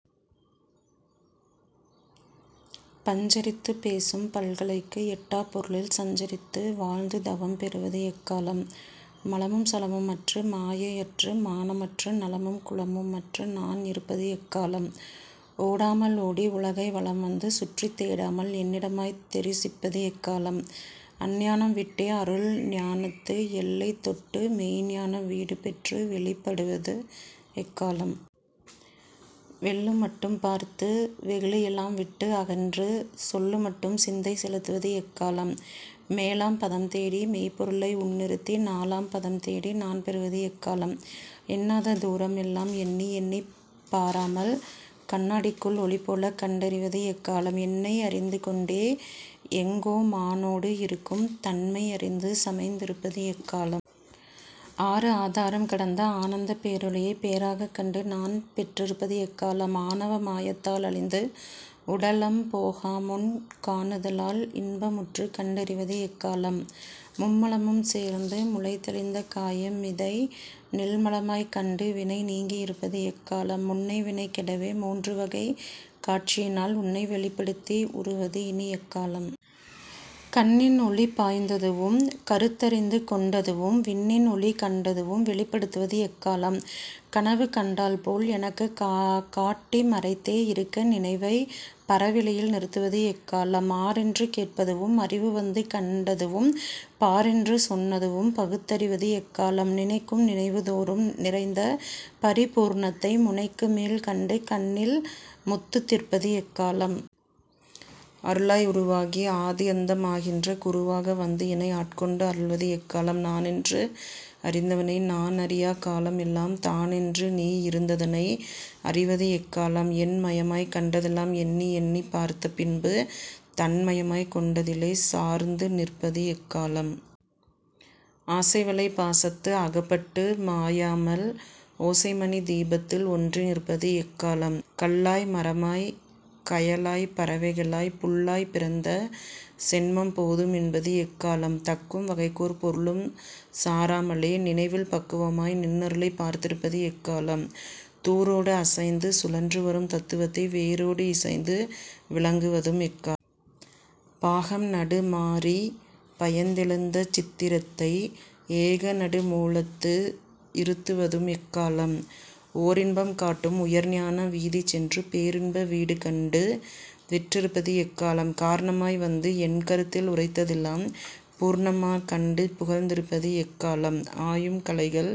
பஞ்சரித்துப் பேசும்பல்கலைக்கு எட்டாப் பொருளில் சஞ்சரித்து வாழ்ந்து தவம் பெறுவது எக்காலம்? மலமும் சலமும்அற்று மாயை அற்று மானம் அற்று நலமும் குலமும் அற்று நான் இருப்பது எக்காலம்? ஓடாமல் ஓடி உலகை வலம் வந்து சுற்றித் தேடாமல் என்னிடமாய்த் தெரிசிப்பது எக்காலம்? அஞ்ஞானம் விட்டே, அருள் ஞானத்து எல்லைதொட்டு மெய்ஞ்ஞான வீடுபெற்று வெளிப்படுவது எக்காலம்? வெல்லும்மட்டும் பார்த்து, வெகுளியெலாம் விட்டு அகன்று சொல்லுமட்டும் சிந்தை செலுத்துவது எக்காலம்? மேலாம் பதம்தேடி மெய்ப்பொருளை உள்இருத்தி நாலாம் பதம் தேடி நான் பெறுவது எக்காலம்? எண்ணாத தூரம் எல்லாம் எண்ணி எண்ணிப் பாராமல் கண்ணாடிக்குள் ஒளிபோல கண்டறிவது எக்காலம்? என்னை அறிந்து கொண்டே எங்கோமானோடு இருக்கும் தன்மை அறிந்து சமைந்திருப்பது எக்காலம்? ஆறு ஆதாரம் கடந்த ஆனந்தப் பேரொளியை பேறாகக் கண்டு நான் பெற்றிருப்பது எக்காலம்? ஆணவ மாயத்தால் அழிந்து உடலம் போகாமுன் காணுதலால் இன்பமற்றுக் கண்டறிவது எக்காலம்? மும்மலமும் சேர்ந்து முளைத்தெழுந்த காயம் இதை நில்மலமாய்க் கண்டு வினை நீங்கி இருப்பது எக்காலம்? முன்னை வினை கெடவே மூன்று வகைக் காட்சியினால் உன்னை வெளிப்படுத்தி உறுவது இனி எக்காலம்? கண்ணின் ஒளி பாய்ந்ததுவும் கருத்தறிந்து கொண்டதுவும் விண்ணின் ஒளி கண்டதுவும் வெளிப்படுவதும் எக்காலம்? கனவு கண்டால் போல் எனக்குக் காட்டி மறைத்தே இருக்க நினைவைப் பரவெளியில் நிறுத்துவது எக்காலம்? ஆர் என்று கேட்டதுவும் அறிவு வந்து கண்டதுவும் பார் என்று சொன்னதுவும் பகுத்தறிவது எக்காலம்? நினைக்கும் நினைவுதோறும் நிறைந்த பரிபூரணத்தை முனைக்குமேல் கண்டு கண்ணில் முத்துதிர்ப்பது எக்காலம்? அருளாய் உருவாகி ஆதி அந்தம் ஆகின்ற குருவாக வந்து எனை ஆட்கொண்டு அருள்வது எக்காலம்? நான் என்று அறிந்தவனை நான் அறியாக் காலம் எல்லாம் தான் என்று நீ இருந்ததனை அறிவது எக்காலம்? என் மயமாய்க் கண்டதெல்லாம் எண்ணி எண்ணிப் பார்த்த பின்பு தன் மயமாய்க் கொண்டதிலே சார்ந்து நிற்பது எக்காலம்? ஆசைவலைப் பாசத்து அகப்பட்டு மாயாமல் ஓசைமணித் தீபத்தில் ஒன்றி நிற்பது எக்காலம்? கல்லாய் மரமாய்க் கயலாய்ப் பறவைகளாய்ப் புல்லாய் பிறந்த சென்மம் போதும் என்பது எக்காலம்? தக்கும் வகைக்கோர் பொருளும் சாராமலே நினைவில் பக்குவமாய் நின் அருளைப் பார்த்திருப்பது எக்காலம்? தூரோடு அசைந்து சுழன்று வரும் தத்துவத்தை வேரோடு இசைந்து விளங்குவதும் எக்காலம்? பாகம் நடு மாறிப் பயந்தெழுந்த சித்திரத்தை ஏகநடு மூலத்து இருத்துவதும் எக்காலம்? ஓரின்பம் காட்டும் உயர்ஞான வீதி சென்று பேரின்ப வீடுகண்டு பெற்றிருப்பது எக்காலம்? காரணமாய் வந்து என் கருத்தில் உரைத்ததெல்லாம் பூரணமாக் கண்டு புகழ்ந்திருப்பது எக்காலம்? ஆயும் கலைகள்